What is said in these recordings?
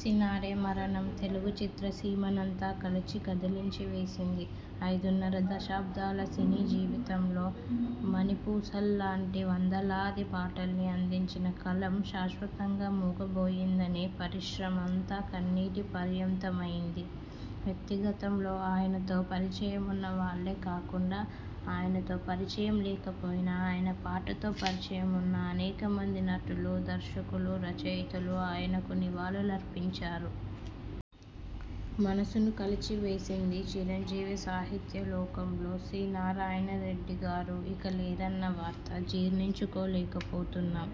సినారె మరణం తెలుగు చిత్రసీమనంతా కలచి కదిలించి వేసింది. ఐదున్నర దశాబ్దాల సినీ జీవితంలో మణిపూసల్లాంటి వందలాది పాటల్ని అందించిన కలం శాశ్వతంగా మూగబోయిందని పరిశ్రమంతా కన్నీటి పర్యంతమైంది. వ్యక్తిగతంలో ఆయనతో పరిచయమున్న వాళ్లే కాకుండా, ఆయనతో పరిచయం లేకపోయినా.. ఆయన పాటతో పరిచయం ఉన్న అనేకమంది నటులు, దర్శకులు, రచయితలు ఆయనకు నివాళులర్పించారు. మనసును కలచివేసింది చిరంజీవిసాహిత్యలోకంలో సి. నారాయణరెడ్డిగారు ఇక లేరన్న వార్త జీర్ణించుకోలేకపోతున్నాం.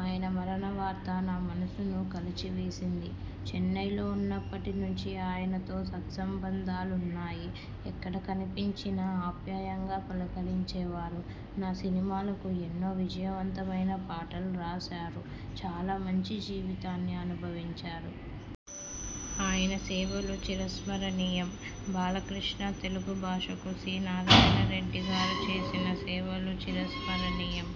ఆయన మరణవార్త నా మనసును కలచివేసింది. చెన్నైలో ఉన్నప్పటి నుంచి ఆయనతో సత్సంబంధాలున్నాయి. ఎక్కడ కనిపించినా ఆప్యాయంగా పలకరించేవారు. నా సినిమాలకు ఎన్నో విజయవంతమైన పాటలు రాశారు. చాలా మంచి జీవితాన్ని అనుభవించారు. ఆయన సేవలు చిరస్మరణీయం బాలకృష్ణతెలుగు భాషకు సి. నారాయణరెడ్డిగారు చేసిన సేవలు చిరస్మరణీయం.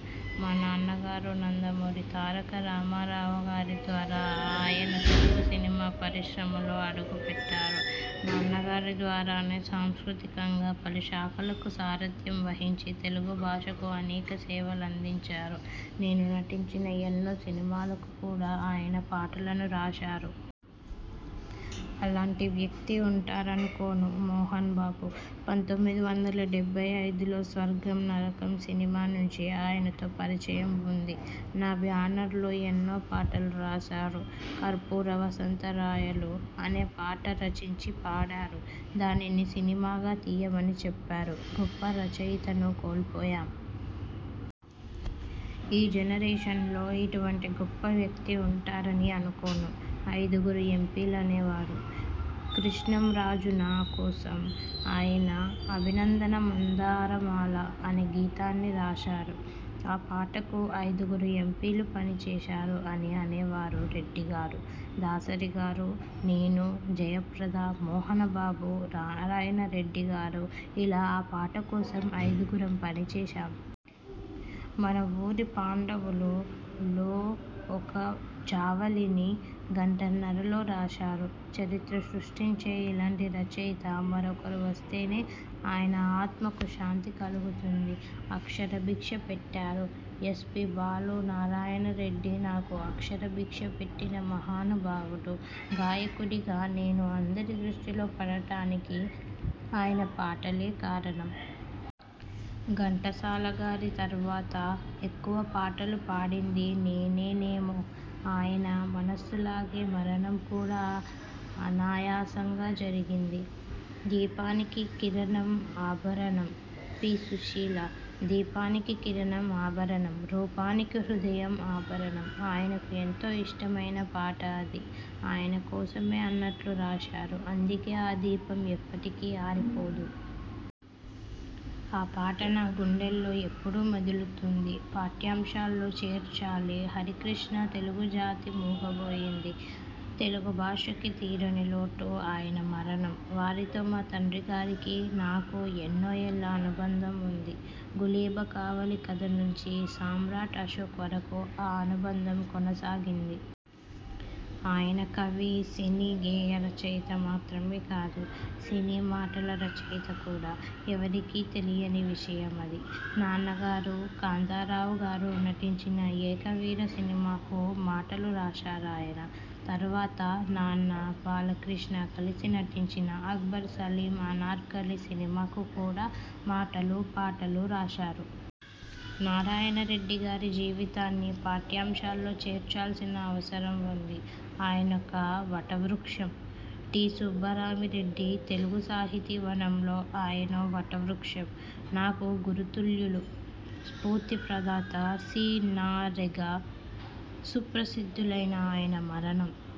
మా నాన్నగారు నందమూరి తారక రామారావుగారి ద్వారా ఆయన తెలుగు సినిమా పరిశ్రమలో అడుగుపెట్టారు. నాన్నగారి ద్వారానే సాంస్కృతికంగా పలు శాఖలకు సారథ్యం వహించి తెలుగు భాషకు అనేక సేవలందించారు. నేను నటించిన ఎన్నో సినిమాలకు కూడా ఆయన పాటలను రాశారు. అలాంటి వ్యక్తి ఉంటారనుకోను మోహన్ బాబు పంతొమ్మిది వందల డెబ్బై ఐదులో 'స్వర్గం-నరకం' సినిమా నుంచీ ఆయనతో పరిచయం ఉంది. నా బ్యానర్లో ఎన్నో పాటలు రాశారు. 'కర్పూర వసంతరాయలు' అనే పాట రచించి పాడారు. దానిని సినిమాగా తియ్యమని చెప్పారు. గొప్ప రచయితను కోల్పోయాం. ఈ జనరేషన్ లో ఇటువంటి గొప్ప వ్యక్తి ఉంటారని అనుకోను. ఐదుగురు ఎంపీలనేవారు! కృష్ణంరాజునా కోసం ఆయన 'అభినందన మందారమాల.. ' అనే గీతాన్ని రాశారు. ఆ పాటకు ఐదుగురు ఎంపీలు పనిచేశారు అని అనేవారు రెడ్డిగారు. దాసరిగారు, నేను, జయప్రద, మోహనబాబు, రారాయణరెడ్డిగారు.. ఇలా ఆ పాట కోసం ఐదుగురం పనిచేశాం. 'మనవూరి పాండవులు'లో ఒక జావళిని గంటన్నరలో రాశారు. చరిత్ర సృష్టించే ఇలాంటి రచయిత మరొకరు వస్తేనే ఆయన ఆత్మకు శాంతి కలుగుతుంది. అక్షరభిక్ష పెట్టారు ఎస్. పి. బాలునారాయణరెడ్డి నాకు అక్షరభిక్ష పెట్టిన మహానుభావుడు. గాయకుడిగా నేను అందరి దృష్టిలో పడటానికి ఆయన పాటలే కారణం. ఘంటసాల గారి తర్వాత ఎక్కువ పాటలు పాడింది నేనేనేమో. ఆయన మనసులాగే మరణం కూడా అనాయాసంగా జరిగింది. దీపానికి కిరణం ఆభరణం పి. సుశీల'దీపానికి కిరణం ఆభరణం.. రూపానికి హృదయం ఆభరణం' ఆయనకు ఎంతో ఇష్టమైన పాట అది. ఆయన కోసమే అన్నట్లు రాశారు. అందుకే ఆ దీపం ఎప్పటికీ ఆరిపోదు. ఆ పాట నా గుండెల్లో ఎప్పుడూ మెదులుతుంది. పాఠ్యాంశాల్లో చేర్చాలి హరికృష్ణతెలుగు జాతి మూగబోయింది. తెలుగు భాషకి తీరనిలోటు ఆయన మరణం. వారితో మా తండ్రిగారికీ, నాకూ ఎన్నో ఏళ్ల అనుబంధం ఉంది. 'గులేబకావళి కథ' నుంచీ 'సామ్రాట్ అశోక్' వరకూ ఆ అనుబంధం కొనసాగింది. ఆయన కవి, సినీ గేయ రచయిత మాత్రమే కాదు. సినీ మాటల రచయిత కూడా. ఎవరికీ తెలియని విషయమది. నాన్నగారు, కాంతారావుగారు నటించిన 'ఏకవీర' సినిమాకు మాటలు రాశారాయన. తర్వాత నాన్న, బాలకృష్ణ కలిసి నటించిన 'అక్బర్ సలీమ్ అనార్కలి' సినిమాకు కూడా మాటలూ, పాటలూ రాశారు. నారాయణరెడ్డిగారి జీవితాన్ని పాఠ్యాంశాల్లో చేర్చాల్సిన అవసరం ఉంది. ఆయనొక వటవృక్షం టి. సుబ్బరామిరెడ్డితెలుగు సాహితీవనంలో ఆయనో వటవృక్షం. నాకు గురుతుల్యులు. స్ఫూర్తి ప్రదాత. సి. నా. రెగా సుప్రసిద్ధులైన ఆయన మరణం